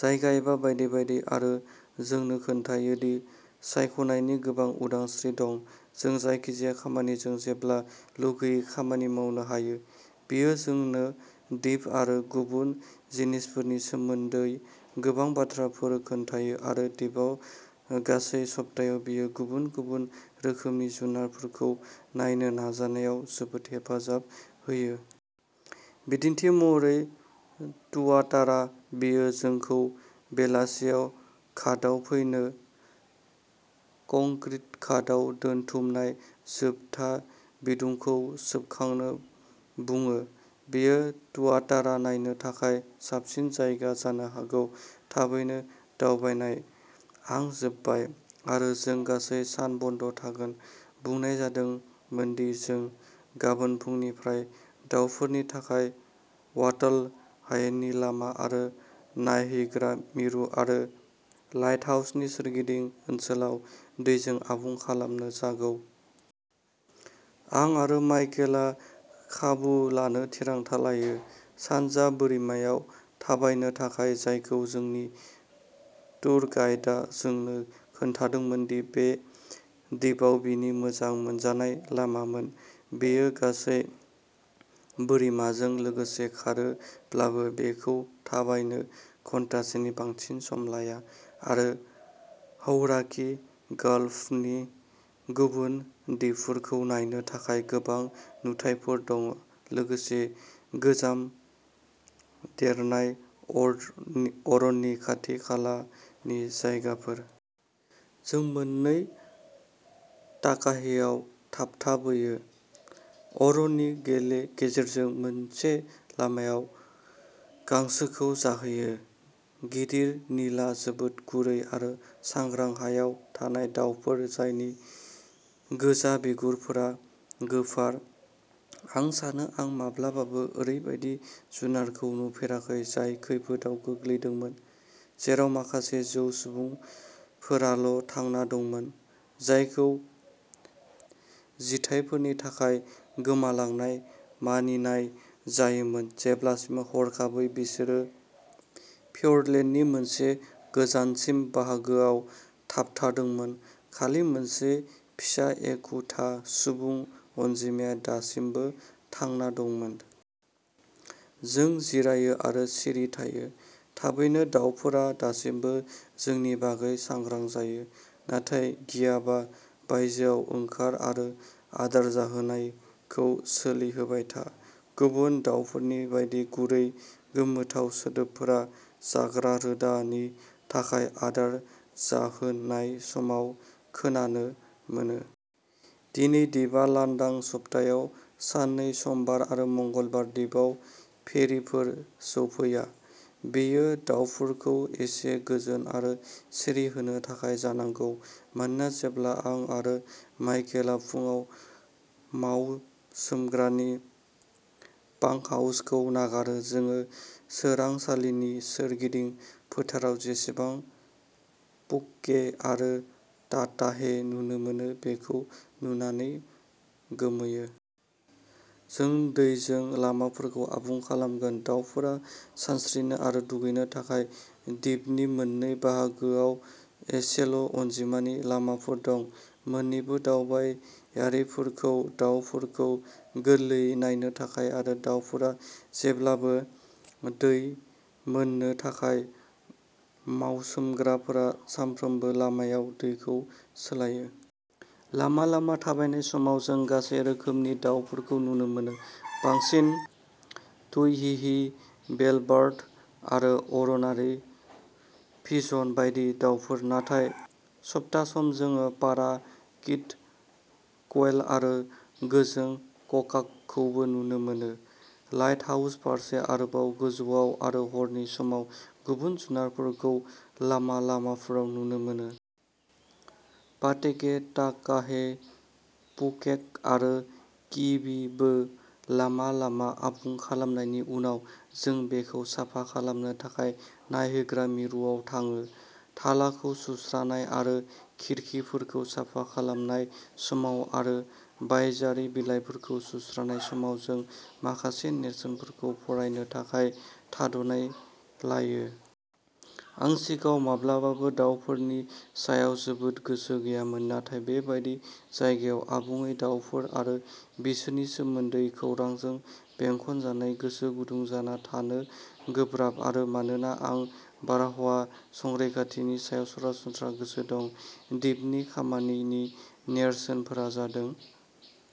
जायगा एबा बायदि बायदि आरो जोंनो खोन्थायो दि सायख'नायनि गोबां उदांस्रि दं। जों जायखिजाया खामानिजों जेब्ला लुबैयो खामानि मावनो हायो। बियो जोंनो दिप आरो गुबुन जिनिसफोरनि सोमोन्दै गोबां बाथ्राफोर खोन्थायो आरो दिपआव गासै सप्तायाव बियो गुबुन गुबुन रोखोमनि जुनारफोरखौ नायनो नाजानायाव जोबोद हेफाजाब होयो। बिदिन्थि महरै तुआतारा, बियो जोंखौ बेलासियाव घाटआव फैनो, कंक्रिट घाटआव दोनथुमनाय जोबथा बिदुंखौ सोबखांनो बुङो। बेयो तुआतारा नायनो थाखाय साबसिन जायगा जानो हागौ। थाबैनो, "दावबायनाय" आ जोबबाय आरो जों गासै सान बन्द' थागोन, बुंनाय जादोंमोन दि जों गाबोन फुंनिफ्राय दावफोरनि थाखाय वाटल हायेननि लामा आरो नायहैग्रा मिरु आरो लाइटहाउसनि सोरगिदिं ओनसोलाव दैजों आबुं खालामनो जागौ। आं आरो माइकेलआ खाबु लानो थिरांथा लायो। सानजा बोरिमायाव थाबायनो थाखाय, जायखौ जोंनि टुर गाइडा जोंनो खोन्थादोंमोन दि बे दिपआव बिनि मोजां मोनजानाय लामामोन। बेयो गासै बोरिमाजों लोगोसे खारोब्लाबो, बेखौ थाबायनो घन्टासेनि बांसिन सम लाया, आरो हौराकी गाल्फनि गुबुन दिपफोरखौ नायनो थाखाय गोबां नुथायफोर दं, लोगोसे गोजाम देरनाय अरनि अरननि खाथि-खालानि जायगाफोर। जों मोन्नै ताकाहेआव थाबथाबोयो, अरननि गेले गेजेरजों मोनसे लामायाव गांसोखौ जाहैयो। गिदिर, निला, जोबोद गुरै आरो सांग्रां हायाव थानाय दावफोर जायनि गोजा बिगुरफोरा गोफार, आं सानो आं माब्लाबाबो ओरैबायदि जुनारखौ नुफेराखै जाय खैफोदाव गोग्लैदोंमोन, जेराव माखासे जौ सुबुंफोराल' थांना दंमोन, जायखौ जिथायफोरनि थाखाय गोमालांनाय मानिनाय जायोमोन जेब्लासिम हरखाबै बिसोर फिअर्डलेन्डनि मोनसे गोजानसिन बाहागोआव थाबथादोंमोन, खालि मोनसे फिसा एखुथा सुबुं अनजिमाया दासिमबो थांना दंमोन। जों जिरायो आरो सिरि थायो। थाबैनो दावफोरा, दासिमबो जोंनि बागै सांग्रां जायो। नाथाय गियाबा, बायजोआव ओंखार आरो आदार जाहोनायखौ सोलिहोबाय था। गुबुन दाउफोरनि बायदि गुरै गोमोथाव सोदोबफोरा, जाग्रा रोदानि थाखाय आदार जाहोनाय समाव खोनानो मोनो। दिनै दिपआ लांदां। सप्तायाव साननै समबार आरो मंगलबार दिपआव फेरिफोर सौफैया। बेयो दावफोरखौ एसे गोजोन आरो सिरि होनो थाखाय जानांगौ, मानोना जेब्ला आं आरो माइकेलआ फुंआव मावसोमग्रानि बांकहाउसखौ नागारो, जों सोरांसालिनि सोरगिदिं फोथाराव जेसेबां पुक'के आरो ताकाहे नुनो मोनो बेखौ नुनानै गोमोयो। जों दैजों लामाफोरखौ आबुं खालामगोन, दावफोरा सानस्रिनो आरो दुगैनो थाखाय। दिपनि मोननै बाहागोआव एसेल' अनजिमानि लामाफोर दं, मोननैबो दावबायारिफोरखौ दावफोरखौ गोरलैयै नायनो थाखाय आरो दावफोरा जेब्लाबो दै मोननो थाखाय। मावसोमग्राफोरा सानफ्रोमबो लामायाव दैखौ सोलायो। लामा-लामा थाबायनाय समाव जों गासै रोखोमनि दावफोरखौ नुनो मोनो। बांसिनै तुई, हिहि, बेलबार्ड आरो अर'नारि पिजन बायदि दावफोर, नाथाय सप्ता सम जों पाराकिट, क्वेल आरो गोजों ककाक'खौबो नुनो मोनो। लाइटहाउस फारसे आरोबाव गोजौआव, आरो हरनि समाव, गुबुन जुनारफोरखौ लामा-लामाफोराव नुनो मोनो। पाटेके, ताकाहे, पुकेक' आरो किबीबो। लामा-लामा आबुं खालामनायनि उनाव, जों बेखौ साफा खालामनो थाखाय नायहैग्रा मिरुआव थाङो। थालाखौ सुस्रानाय आरो खिरखिफोरखौ साफा खालामनाय समाव आरो बायजोआरि बिलाइफोरखौ सुस्रानाय समाव, जों माखासे नेरसोनफोरखौ फरायनो थाखाय थाद'नाय लायो। आं सिगाङाव माब्लाबाबो दावफोरनि सायाव जोबोद गोसो गैयामोन, नाथाय बे बायदि जायगायाव, आबुङै दावफोर आरो बिसोरनि सोमोन्दै खौरांजों बेंखनजानायाव, गोसो गुदुं जाना थानो गोब्राब। आरो मानोना आं बारहावा संरैखाथिनि सायाव सरासनस्रा गोसो दं, दिपनि खामानिनि नेरसोनफोरा जादों।